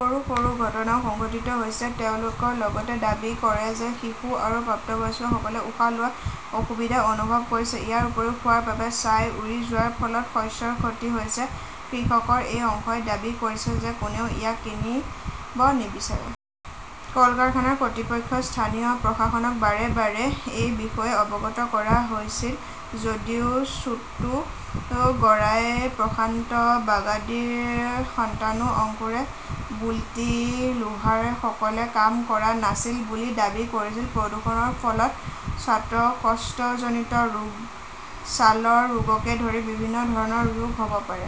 সৰু সৰু দুৰ্ঘটনাও সংঘটিত হৈছে। তেওঁলোকে লগতে দাবী কৰে যে শিশু আৰু প্ৰাপ্তবয়স্কসকলে উশাহ লোৱাত অসুবিধা অনুভৱ কৰিছে। ইয়াৰ উপৰিও, খোৱাৰ বাবে ছাই উৰি যোৱাৰ ফলত শস্যৰ ক্ষতি হৈছে। কৃষকৰ এই অংশই দাবী কৰিছে যে কোনেও ইয়াক কিনিব নিবিচাৰে। কল কাৰখানাৰ কৰ্তৃপক্ষ, স্থানীয় প্ৰশাসনক বাৰে বাৰে এই বিষয়ে অৱগত কৰা হৈছিল যদিও ছোট্টু গৰাই, প্ৰশান্ত বাগদী, শন্তানু আঙ্কুৰে, বুল্টি লোহাৰেসকলে কাম কৰা নাছিল বুলি দাবী কৰিছিল। প্ৰদূষণৰ ফলত শ্বাসকষ্টজনিত ৰোগ, ছালৰ ৰোগকে ধৰি বিভিন্ন ধৰণৰ ৰোগ হ'ব পাৰে।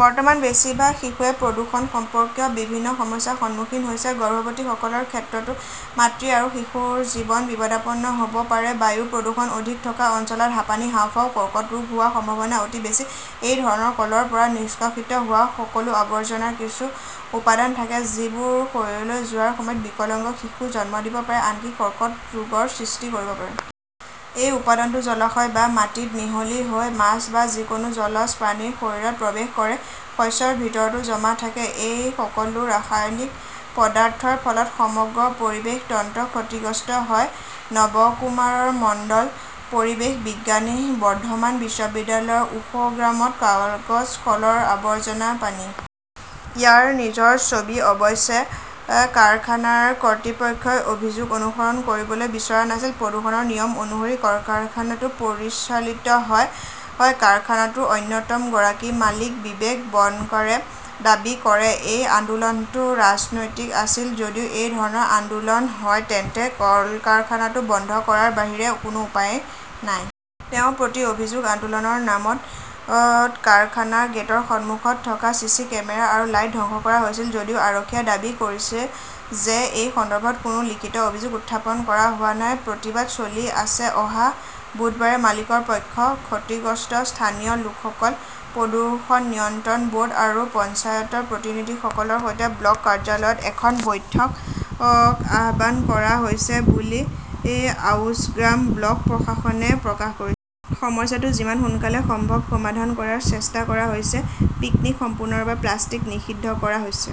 বৰ্তমান বেছিভাগ শিশুই প্ৰদূষণ সম্পৰ্কীয় বিভিন্ন সমস্যাৰ সন্মুখীন হৈছে। গৰ্ভৱতীসকলৰ ক্ষেত্ৰতো মাতৃ আৰু শিশুৰ জীৱন বিপদাপন্ন হ'ব পাৰে। বায়ু প্ৰদূষণ অধিক থকা অঞ্চলসমূহত হাঁপানি, হাঁওফাঁওৰ কৰ্কট ৰোগ হোৱাৰ সম্ভাৱনা অতি বেছি। এই ধৰণৰ কলৰ পৰা নিষ্কাশিত হোৱা সকলো আৱৰ্জনাৰ কিছুমান উপাদান থাকে যিবোৰ শৰীৰলৈ যোৱাৰ সময়ত বিকলাঙ্গ শিশু জন্ম দিব পাৰে, আনকি কৰ্কট ৰোগৰ সৃষ্টি কৰিব পাৰে। এই উপাদানটো জলাশয় বা মাটিত মিহলি হৈ মাছ বা যিকোনো জলজ প্ৰাণীৰ শৰীৰত প্ৰৱেশ কৰে। শস্যৰ ভিতৰতো জমা থাকে। এই সকলো ৰাসায়নিক পদাৰ্থৰ ফলত সমগ্ৰ 'পৰিৱেশ তন্ত্ৰ ক্ষতিগ্ৰস্ত হয়'। নবকুমাৰ মণ্ডল, পৰিৱেশ বিজ্ঞানী, বৰ্ধমান বিশ্ববিদ্যালয়ৰ ঔশগ্ৰামত কাগজ কলৰ আৱৰ্জনা পানী। ইয়াৰ নিজৰ ছবি, অৱশ্যে, কাৰখানাৰ কৰ্তৃপক্ষই অভিযোগ অনুসৰণ কৰিবলৈ বিচৰা নাছিল। 'প্ৰদূষণৰ নিয়ম অনুসৰি কাৰখানাটো পৰিচালিত হয়', কাৰখানাটোৰ অন্যতম গৰাকী মালিক বিবেক বানকাৰে দাবী কৰে। এই আন্দোলনটো ৰাজনৈতিক আছিল। যদি এই ধৰণৰ আন্দোলন হয়, তেন্তে কাৰখানাটো বন্ধ কৰাৰ বাহিৰে কোনো উপায় নাই। 'তেওঁৰ প্ৰতি-অভিযোগ' আন্দোলনৰ নামত কাৰখানাৰ গেটৰ সন্মুখত থকা চিচি কেমেৰা আৰু লাইট ধ্বংস কৰা হৈছিল। 'যদিও আৰক্ষীয়ে দাবী কৰিছে যে এই সন্দৰ্ভত কোনো লিখিত অভিযোগ উত্থাপন কৰা হোৱা নাই। প্ৰতিবাদ চলি আছে। অহা বুধবাৰে মালিকৰ পক্ষ, ক্ষতিগ্ৰস্ত স্থানীয় লোকসকল, প্ৰদূষণ নিয়ন্ত্ৰণ ব'ৰ্ড আৰু পঞ্চায়তৰ প্ৰতিনিধিসকলৰ সৈতে ব্লক কাৰ্যালয়ত এখন বৈঠক আহ্বান কৰা হৈছে বুলি আউছগ্ৰাম ব্লক প্ৰশাসনে প্ৰকাশ কৰি সমস্যাটো যিমান সোনকালে সম্ভৱ সমাধান কৰাৰ চেষ্টা কৰা হৈছে। পিকনীক সম্পূৰ্ণৰূপে প্লাষ্টিক নিষিদ্ধ কৰা হৈছে ।